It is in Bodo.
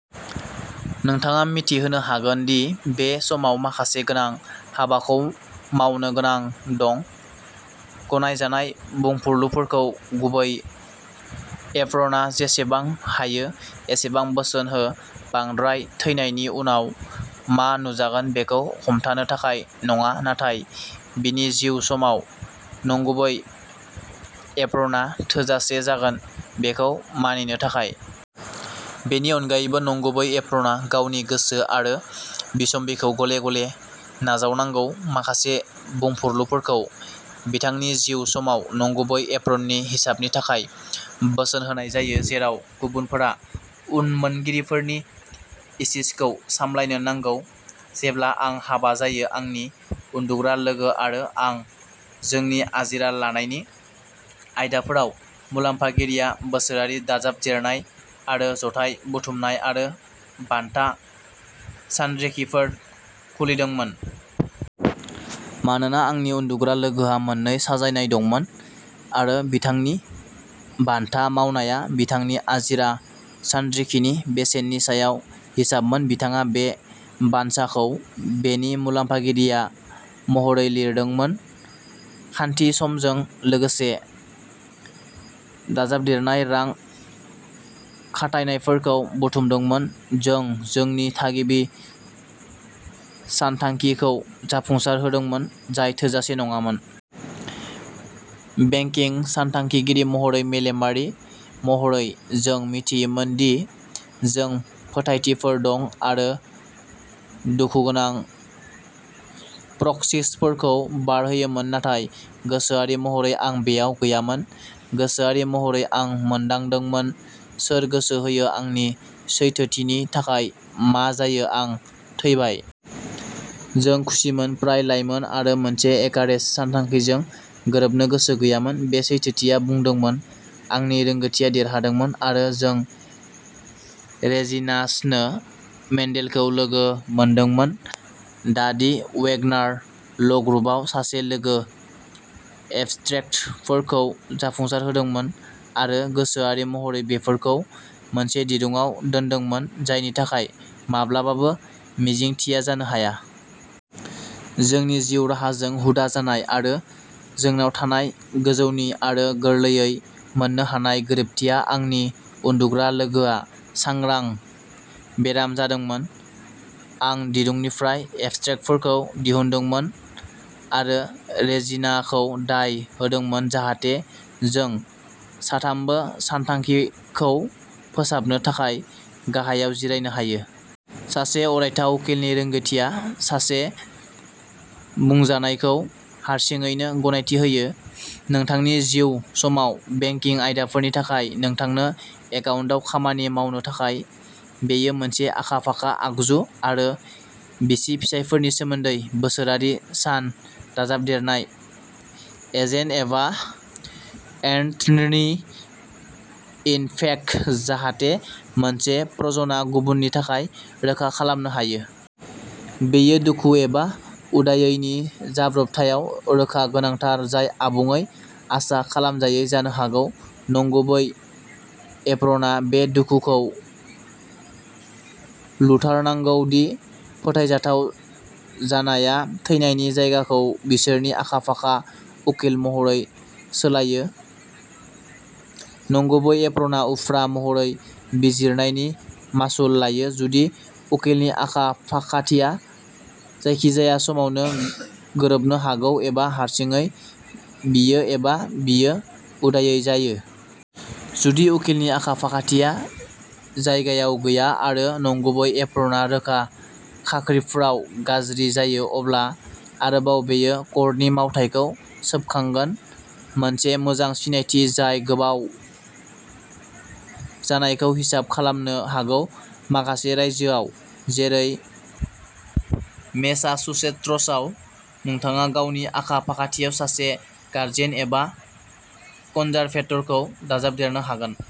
नोंथाङा मिथिहोनो हागोन दि बे समाव माखासे गोनां हाबाखौ मावनो गोनां दं। गनायजानाय बुंफुरलुफोरखौ गुबै एप्रनआ जेसेबां हायो एसेबां बोसोन हो बांद्राय थैनायनि उनाव मा नुजागोन बेखौ हमथानो थाखाय नङा नाथाय बिनि जिउ समाव नंगुबै एप्रनआ थोजासे जागोन बेखौ मानिनो थाखाय। बेनि अनगायैबो नंगुबै एप्रनआ गावनि गोसो आरो बिसम्बिखौ गले-गले नाजावनांगौ। माखासे बुंफुरलुफोरखौ बिथांनि जिउ समाव नंगुबै एप्रननि हिसाबनि थाखाय बोसोन होनाय जायो जेराव गुबुनफोरा उनमोनगिरिफोरनि इसिसखौ सामलायनो नांगौ। जेब्ला आं हाबा जायो आंनि उन्दुग्रा लोगो आरो आं जोंनि आजिरा लानायनि आयदाफोराव मुलाम्फागिरिया बोसोरारि दाजाबदेरनाय आरो जथाय बुथुमनाय आरो बानथा सानरिखिफोर खुलिदोंमोन। मानोना आंनि उन्दुग्रा लोगोहा मोननै साजायनाय दंमोन आरो बिथांनि बानथा मावनाया बिथांनि आजिरा सानरिखिनि बेसेननि सायाव हिसाबमोन बिथाङा बे बानसाखौ बेनि मुलाम्फागिरिया महरै लिरदोंमोन। खान्थि समजों लोगोसे जों दाजाबदेरनाय रां खाथायनायफोरखौ बुथुमदोंमोन जों जोंनि थागिबि सानथांखिखौ जाफुंसारहोदोंमोन जाय थोजासे नङामोन। बेंकिं सानथांखिगिरि महरै मेलेमारि महरै जों मिथियोमोन दि जों फोथायथिफोर दं आरो दुखुगोनां प्रक्सिफोरखौ बारहोयोमोन नाथाय गोसोआरि महरै आं बेयाव गैयामोन। गोसोआरि महरै आं मोनदांदोंमोन "सोर गोसो होयो आंनि सैथोथिनि थाखाय मा जायो आं थैबाय। जों खुसिमोन फ्राय लायमोन आरो मोनसे एकारेज सानथांखिजों गोरोबनो गोसो गैयामोन। बे सैथोथिया बुंदोंमोन आंनि रोंग'थिआ देरहादोंमोन आरो जों रेजिना स्नो मेन्डलखौ लोगो मोनदोंमोन दा दि वेगनार ल'ग्रुपआव सासे लोगो एबस्ट्रेक्टफोरखौ जाफुंसारहोदोंमोन आरो गोसोआरि महरै बेफोरखौ मोनसे दिरुंआव दोनदोंमोन जायनि थाखाय माब्लाबाबो मिजिंथिया जानो हाया। जोंनि जिउ राहाजों हुदा जानाय आरो जोंनाव थानाय गोजौनि आरो गोरलैयै मोननो हानाय गोरोबथिया आंनि उन्दुग्रा लोगोआ सांग्रां बेराम जादोंमोन आं दिरुंनिफ्राय एबस्ट्रेक्टफोरखौ दिहुनदोंमोन आरो रेजिनाखौ दाय होदोंमोन जाहाथे जों साथामाबो सानथांखिखौ फोसाबनो थाखाय गाहायाव जिरायनो हायो। सासे अरायथा उकिलनि रोंग'थिआ सासे बुंजानायखौ हारसिङैनो गनायथि होयो। नोंथांनि जिउ समाव बेंकिं आयदाफोरनि थाखाय नोंथांनि एकाउन्टआव खामानि मावनो थाखाय। बेयो मोनसे आखा-फाखा आगजु आरो बिसि-फिसायफोरनि सोमोन्दै बोसोरारि सान दाजाबदेरनाय "एजेन्ट" एबा "एटर्नि-इन-फेक्ट" जाहाथे मोनसे प्रजनआ गुबुननि थाखाय रोखा खालामनो हायो। बेयो दुखु एबा उदायैनि जाब्रबथायआव रोखा गोनांथार जाय आबुङै आसा खालामजायै जानो हागौ। नंगुबै एप्रनआ बे दुखुखौ लुथारनांगौ दि फोथायजाथाव जानाया थैनायनि जायगाखौ बिसोरनि आखा-फाखा उखिल महरै सोलायो। नंगुबै एप्रनआ उफ्रा महरै बिजिरनायनि मासुल लायो जुदि उकिलनि आखा-फाखाथिया जायखिजाया समावनो गोरोबनो हागौ एबा हारसिङै बियो एबा बियो उदायै जायो। जुदि उकिलनि आखा-फाखाथिया जायगायाव गैया आरो नंगुबै एप्रनआ रोखा खाख्रिफोराव गाज्रि जायो अब्ला आरोबाव बेयो कर्टनि मावथायखौ सोबखांगोन, मोनसे मोजां सिनायथि जाय गोबाव जानायखौ हिसाब खालामनो हागौ। माखासे रायजोफोराव जेरै मेसाचुसेट्सआव नोंथाङा गावनि आखा-फाखाथियाव सासे गार्जियन एबा कनजारभेटरखौ दाजाबदेरनो हागोन।